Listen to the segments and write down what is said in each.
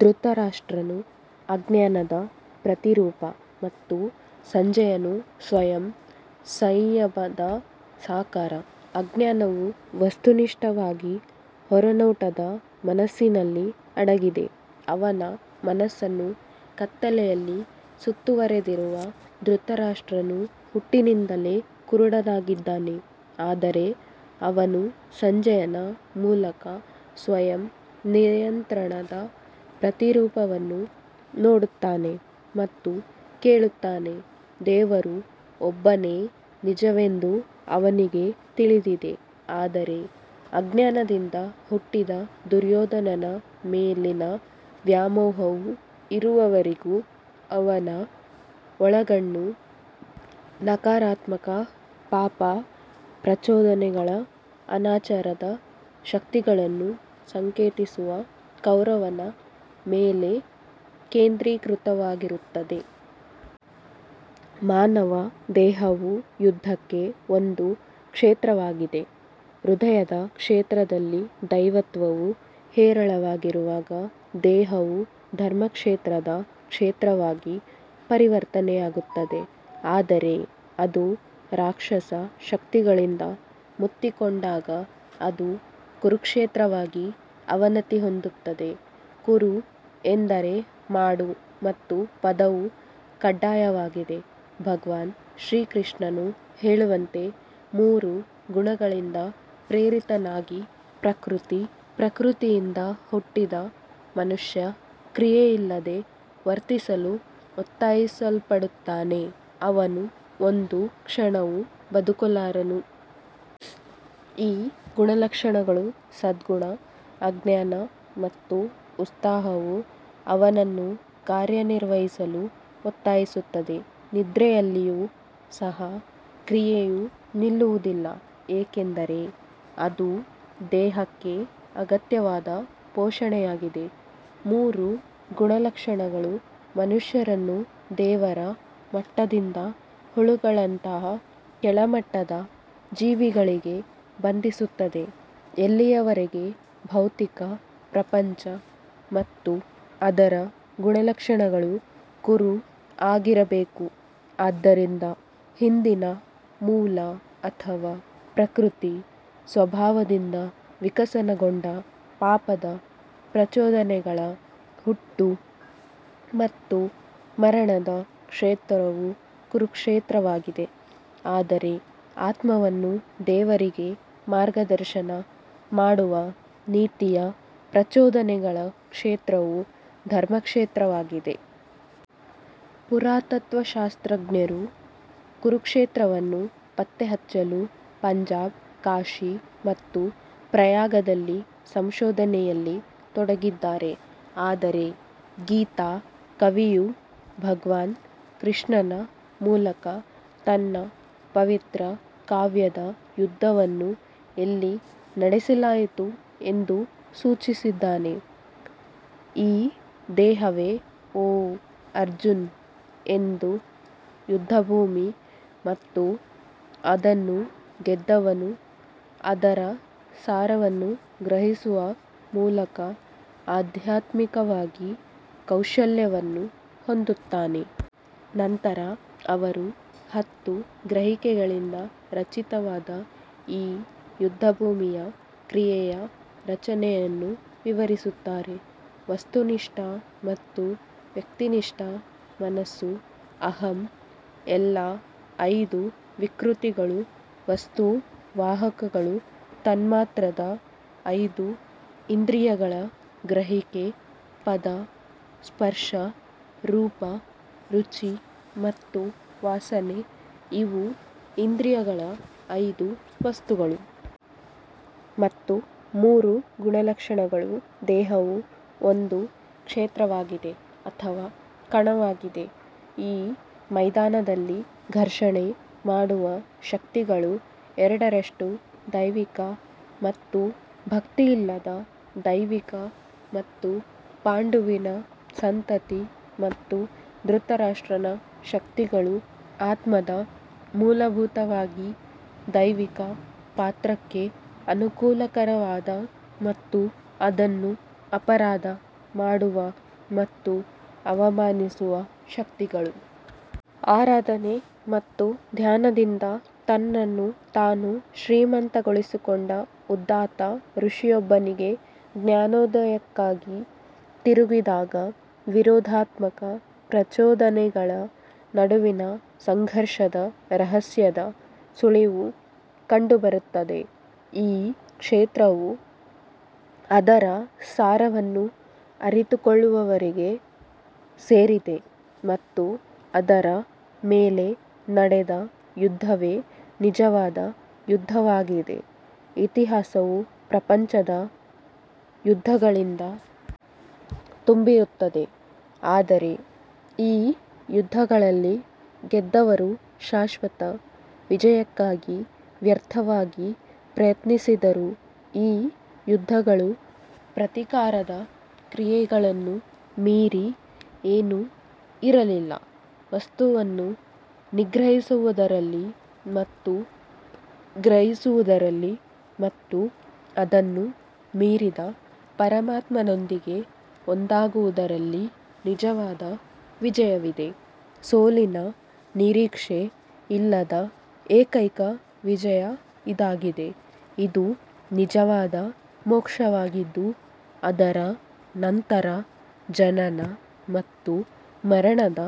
ಧೃತರಾಷ್ಟ್ರನು ಅಜ್ಞಾನದ ಪ್ರತಿರೂಪ ಮತ್ತು ಸಂಜಯನು ಸ್ವಯಂ ಸಂಯಮದ ಸಾಕಾರ ಅಜ್ಞಾನವು ವಸ್ತುನಿಷ್ಠವಾಗಿ ಹೊರನೋಟದ ಮನಸ್ಸಿನಲ್ಲಿ ಅಡಗಿದೆ ಅವನ ಮನಸ್ಸನ್ನು ಕತ್ತಲೆಯಲ್ಲಿ ಸುತ್ತುವರೆದಿರುವ ಧೃತರಾಷ್ಟ್ರನು ಹುಟ್ಟಿನಿಂದಲೇ ಕುರುಡನಾಗಿದ್ದಾನೆ ಆದರೆ ಅವನು ಸಂಜಯನ ಮೂಲಕ ಸ್ವಯಂ ನಿಯಂತ್ರಣದ ಪ್ರತಿರೂಪವನ್ನು ನೋಡುತ್ತಾನೆ ಮತ್ತು ಕೇಳುತ್ತಾನೆ ದೇವರು ಒಬ್ಬನೇ ನಿಜವೆಂದು ಅವನಿಗೆ ತಿಳಿದಿದೆ ಆದರೆ ಅಜ್ಞಾನದಿಂದ ಹುಟ್ಟಿದ ದುರ್ಯೋಧನನ ಮೇಲಿನ ವ್ಯಾಮೋಹವು ಇರುವವರೆಗೂ ಅವನ ಒಳಗಣ್ಣು ನಕಾರಾತ್ಮಕ ಪಾಪ ಪ್ರಚೋದನೆಗಳ ಅನಾಚಾರದ ಶಕ್ತಿಗಳನ್ನು ಸಂಕೇತಿಸುವ ಕೌರವನ ಮೇಲೆ ಕೇಂದ್ರೀಕೃತವಾಗಿರುತ್ತದೆ. ಮಾನವ ದೇಹವು ಯುದ್ಧಕ್ಕೆ ಒಂದು ಕ್ಷೇತ್ರವಾಗಿದೆ ಹೃದಯದ ಕ್ಷೇತ್ರದಲ್ಲಿ ದೈವತ್ವವು ಹೇರಳವಾಗಿರುವಾಗ ದೇಹವು ಧರ್ಮಕ್ಷೇತ್ರದ ಕ್ಷೇತ್ರವಾಗಿ ಪರಿವರ್ತನೆಯಾಗುತ್ತದೆ ಆದರೆ ಅದು ರಾಕ್ಷಸ ಶಕ್ತಿಗಳಿಂದ ಮುತ್ತಿಕೊಂಡಾಗ ಅದು ಕುರುಕ್ಷೇತ್ರವಾಗಿ ಅವನತಿ ಹೊಂದುತ್ತದೆ. ಕುರು ಎಂದರೆ ಮಾಡು ಮತ್ತು ಪದವು ಕಡ್ಡಾಯವಾಗಿದೆ ಭಗವಾನ್ ಶ್ರೀಕೃಷ್ಣನು ಹೇಳಿದಂತೆ ಮೂರು ಗುಣಗಳಿಂದ ಪ್ರೇರಿತನಾಗಿ ಪ್ರಕೃತಿ ಪ್ರಕೃತಿಯಿಂದ ಹುಟ್ಟಿದ ಮನುಷ್ಯ ಕ್ರಿಯೆಯಿಲ್ಲದೆ ವರ್ತಿಸಲು ಒತ್ತಾಯಿಸಲ್ಪಡುತ್ತಾನೆ, ಅವನು ಒಂದು ಕ್ಷಣವೂ ಬದುಕಲಾರನು. ಈ ಗುಣಲಕ್ಷಣಗಳು ಸದ್ಗುಣ ಅಜ್ಞಾನ ಮತ್ತು ಉತ್ಸಾಹವು ಅವನನ್ನು ಕಾರ್ಯನಿರ್ವಹಿಸಲು ಒತ್ತಾಯಿಸುತ್ತದೆ ನಿದ್ರೆಯಲ್ಲಿಯೂ ಸಹ ಕ್ರಿಯೆಯು ನಿಲ್ಲುವುದಿಲ್ಲ ಏಕೆಂದರೆ ಅದು ದೇಹಕ್ಕೆ ಅಗತ್ಯವಾದ ಪೋಷಣೆಯಾಗಿದೆ ಮೂರು ಗುಣಲಕ್ಷಣಗಳು ಮನುಷ್ಯರನ್ನು ದೇವರ ಮಟ್ಟದಿಂದ ಹುಳುಗಳಂತಹ ಕೆಳಮಟ್ಟದ ಜೀವಿಗಳಿಗೆ ಬಂಧಿಸುತ್ತವೆ ಎಲ್ಲಿಯವರೆಗೆ ಭೌತಿಕ ಪ್ರಪಂಚ ಮತ್ತು ಅದರ ಗುಣಲಕ್ಷಣಗಳು ಕುರು ಆಗಿರಬೇಕು ಆದ್ದರಿಂದ ಹಿಂದಿನ ಮೂಲ ಅಥವಾ ಪ್ರಕೃತಿ ಸ್ವಭಾವದಿಂದ ವಿಕಸನಗೊಂಡ ಪಾಪದ ಪ್ರಚೋದನೆಗಳ ಹುಟ್ಟು ಮತ್ತು ಮರಣದ ಕ್ಷೇತ್ರವು ಕುರುಕ್ಷೇತ್ರವಾಗಿದೆ ಆದರೆ ಆತ್ಮವನ್ನು ದೇವರಿಗೆ ಮಾರ್ಗದರ್ಶನ ಮಾಡುವ ನೀತಿಯ ಪ್ರಚೋದನೆಗಳ ಕ್ಷೇತ್ರವು ಧರ್ಮಕ್ಷೇತ್ರವಾಗಿದೆ. ಪುರಾತತ್ವಶಾಸ್ತ್ರಜ್ಞರು ಕುರುಕ್ಷೇತ್ರವನ್ನು ಪತ್ತೆಹಚ್ಚಲು ಪಂಜಾಬ್ ಕಾಶಿ ಮತ್ತು ಪ್ರಯಾಗದಲ್ಲಿ ಸಂಶೋಧನೆಯಲ್ಲಿ ತೊಡಗಿದ್ದಾರೆ ಆದರೆ ಗೀತಾ ಕವಿಯು ಭಗವಾನ್ ಕೃಷ್ಣನ ಮೂಲಕ ತನ್ನ ಪವಿತ್ರ ಕಾವ್ಯದ ಯುದ್ಧವನ್ನು ಎಲ್ಲಿ ನಡೆಸಲಾಯಿತು ಎಂದು ಸೂಚಿಸಿದ್ದಾನೆ. ಈ ದೇಹವೇ ಓ ಅರ್ಜುನ್ ಒಂದು ಯುದ್ಧಭೂಮಿ ಮತ್ತು ಅದನ್ನು ಗೆದ್ದವನು ಅದರ ಸಾರವನ್ನು ಗ್ರಹಿಸುವ ಮೂಲಕ ಆಧ್ಯಾತ್ಮಿಕವಾಗಿ ಕೌಶಲ್ಯವನ್ನು ಹೊಂದುತ್ತಾನೆ. ನಂತರ ಅವರು ಹತ್ತು ಗ್ರಹಿಕೆಗಳಿಂದ ರಚಿತವಾದ ಈ ಯುದ್ಧಭೂಮಿಯ ಕ್ರಿಯೆಯ ರಚನೆಯನ್ನು ವಿವರಿಸುತ್ತಾರೆ ವಸ್ತುನಿಷ್ಠ ಮತ್ತು ವ್ಯಕ್ತಿನಿಷ್ಠ ಮನಸ್ಸು ಅಹಂ ಎಲ್ಲಾ ಐದು ವಿಕೃತಿಗಳು ವಸ್ತು ವಾಹಕಗಳು ತನ್ಮಾತ್ರದ ಐದು ಇಂದ್ರಿಯಗಳ ಗ್ರಹಿಕೆ ಪದ ಸ್ಪರ್ಶ ರೂಪ ರುಚಿ ಮತ್ತು ವಾಸನೆ ಇವು ಇಂದ್ರಿಯಗಳ ಐದು ವಸ್ತುಗಳು. ಮತ್ತು ಮೂರು ಗುಣಲಕ್ಷಣಗಳು ದೇಹವು ಒಂದು ಕ್ಷೇತ್ರವಾಗಿದೆ ಅಥವಾ ಕಣವಾಗಿದೆ ಈ ಮೈದಾನದಲ್ಲಿ ಘರ್ಷಣೆ ಮಾಡುವ ಶಕ್ತಿಗಳು ಎರಡರಷ್ಟು ದೈವಿಕ ಮತ್ತು ಭಕ್ತಿಯಿಲ್ಲದ ದೈವಿಕ ಮತ್ತು ಪಾಂಡುವಿನ ಸಂತತಿ ಮತ್ತು ಧೃತರಾಷ್ಟ್ರನ ಶಕ್ತಿಗಳು ಆತ್ಮದ ಮೂಲಭೂತವಾಗಿ ದೈವಿಕ ಪಾತ್ರಕ್ಕೆ ಅನುಕೂಲಕರವಾದ ಮತ್ತು ಅದನ್ನು ಅಪರಾಧ ಮಾಡುವ ಮತ್ತು ಅವಮಾನಿಸುವ ಶಕ್ತಿಗಳು. ಆರಾಧನೆ ಮತ್ತು ಧ್ಯಾನದಿಂದ ತನ್ನನ್ನು ತಾನು ಶ್ರೀಮಂತಗೊಳಿಸಿಕೊಂಡ ಉದಾತ್ತ ಋಷಿಯೊಬ್ಬನಿಗೆ ಜ್ಞಾನೋದಯಕ್ಕಾಗಿ ತಿರುಗಿದಾಗ ವಿರೋಧಾತ್ಮಕ ಪ್ರಚೋದನೆಗಳ ನಡುವಿನ ಸಂಘರ್ಷದ ರಹಸ್ಯದ ಸುಳಿವು ಕಂಡುಬರುತ್ತದೆ. ಈ ಕ್ಷೇತ್ರವು ಅದರ ಸಾರವನ್ನು ಅರಿತುಕೊಳ್ಳುವವರಿಗೆ ಸೇರಿದೆ ಮತ್ತು ಅದರ ಮೇಲೆ ನಡೆದ ಯುದ್ಧವೇ ನಿಜವಾದ ಯುದ್ಧವಾಗಿದೆ ಇತಿಹಾಸವು ಪ್ರಪಂಚದ ಯುದ್ಧಗಳಿಂದ ತುಂಬಿರುತ್ತದೆ ಆದರೆ ಈ ಯುದ್ಧಗಳಲ್ಲಿ ಗೆದ್ದವರು ಶಾಶ್ವತ ವಿಜಯಕ್ಕಾಗಿ ವ್ಯರ್ಥವಾಗಿ ಪ್ರಯತ್ನಿಸಿದರು ಈ ಯುದ್ಧಗಳು ಪ್ರತೀಕಾರದ ಕ್ರಿಯೆಗಳನ್ನು ಮೀರಿ ಏನೂ ಇರಲಿಲ್ಲ ವಸ್ತುವನ್ನು ನಿಗ್ರಹಿಸುವುದರಲ್ಲಿ ಮತ್ತು ಗ್ರಹಿಸುವುದರಲ್ಲಿ ಮತ್ತು ಅದನ್ನು ಮೀರಿದ ಪರಮಾತ್ಮನೊಂದಿಗೆ ಒಂದಾಗುವುದರಲ್ಲಿ ನಿಜವಾದ ವಿಜಯವಿದೆ ಸೋಲಿನ ನಿರೀಕ್ಷೆ ಇಲ್ಲದ ಏಕೈಕ ವಿಜಯ ಇದಾಗಿದೆ ಇದು ನಿಜವಾದ ಮೋಕ್ಷವಾಗಿದ್ದು ಅದರ ನಂತರ ಜನನ ಮತ್ತು ಮರಣದ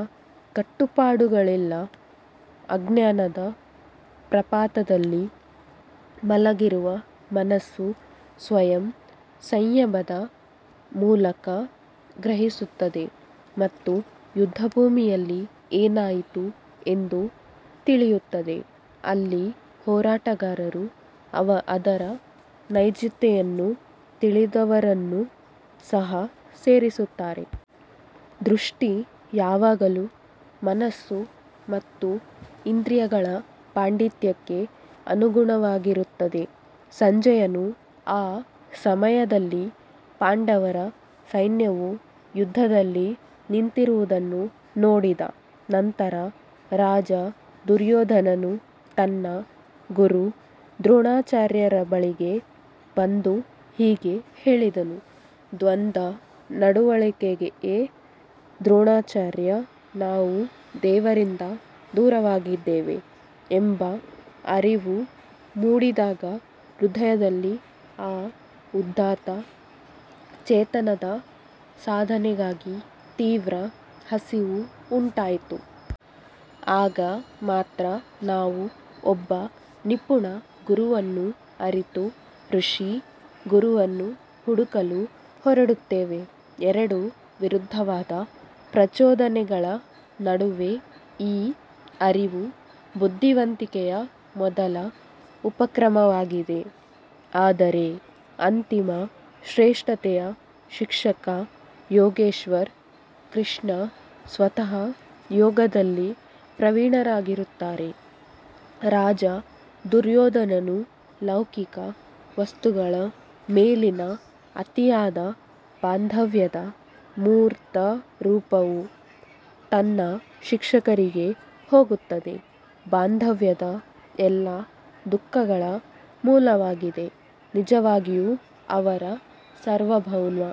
ಕಟ್ಟುಪಾಡುಗಳಿಲ್ಲ ಅಜ್ಞಾನದ ಪ್ರಪಾತದಲ್ಲಿ ಮಲಗಿರುವ ಮನಸ್ಸು ಸ್ವಯಂ ಸಂಯಮದ ಮೂಲಕ ಗ್ರಹಿಸುತ್ತದೆ ಮತ್ತು ಯುದ್ಧಭೂಮಿಯಲ್ಲಿ ಏನಾಯಿತು ಎಂದು ತಿಳಿಯುತ್ತದೆ, ಅಲ್ಲಿ ಹೋರಾಟಗಾರರು ಅದರ ನೈಜತೆಯನ್ನು ತಿಳಿದವರನ್ನು ಸಹ ಸೇರಿಸುತ್ತಾರೆ. ದೃಷ್ಟಿ ಯಾವಾಗಲೂ ಮನಸ್ಸು ಮತ್ತು ಇಂದ್ರಿಯಗಳ ಪಾಂಡಿತ್ಯಕ್ಕೆ ಅನುಗುಣವಾಗಿರುತ್ತದೆ ಸಂಜಯನು ಆ ಸಮಯದಲ್ಲಿ ಪಾಂಡವರ ಸೈನ್ಯವು ಯುದ್ಧದಲ್ಲಿ ನಿಂತಿರುವುದನ್ನು ನೋಡಿದ ನಂತರ ರಾಜ ದುರ್ಯೋಧನನು ತನ್ನ ಗುರು ದ್ರೋಣಾಚಾರ್ಯರ ಬಳಿಗೆ ಬಂದು ಹೀಗೆ ಹೇಳಿದನು. ದ್ವಂದ್ವ ನಡವಳಿಕೆಯೇ ದ್ರೋಣಾಚಾರ್ಯ ನಾವು ದೇವರಿಂದ ದೂರವಾಗಿದ್ದೇವೆ ಎಂಬ ಅರಿವು ಮೂಡಿದಾಗ ಹೃದಯದಲ್ಲಿ ಆ ಉದಾತ್ತ ಚೇತನದ ಸಾಧನೆಗಾಗಿ ತೀವ್ರ ಹಸಿವು ಉಂಟಾಗುತ್ತದೆ. ಆಗ ಮಾತ್ರ ನಾವು ಒಬ್ಬ ನಿಪುಣ ಗುರುವನ್ನು ಅರಿತು ಋಷಿ ಗುರುವನ್ನು ಹುಡುಕಲು ಹೊರಡುತ್ತೇವೆ ಎರಡು ವಿರುದ್ಧವಾದ ಪ್ರಚೋದನೆಗಳ ನಡುವೆ ಈ ಅರಿವು ಬುದ್ಧಿವಂತಿಕೆಯ ಮೊದಲ ಉಪಕ್ರಮವಾಗಿದೆ ಆದರೆ ಅಂತಿಮ ಶ್ರೇಷ್ಠತೆಯ ಶಿಕ್ಷಕ ಯೋಗೇಶ್ವರ್ ಕೃಷ್ಣ ಸ್ವತಃ ಯೋಗದಲ್ಲಿ ಪ್ರವೀಣರಾಗಿರುತ್ತಾರೆ. ರಾಜ ದುರ್ಯೋಧನನು ಲೌಕಿಕ ವಸ್ತುಗಳ ಮೇಲಿನ ಅತಿಯಾದ ಬಾಂಧವ್ಯದ ಮೂರ್ತರೂಪವು ತನ್ನ ಶಿಕ್ಷಕರಿಗೆ ಹೋಗುತ್ತದೆ ಬಾಂಧವ್ಯವು ಎಲ್ಲಾ ದುಃಖಗಳ ಮೂಲವಾಗಿದೆ ನಿಜವಾಗಿಯೂ ಅವರ ಸಾರ್ವಭೌಮ.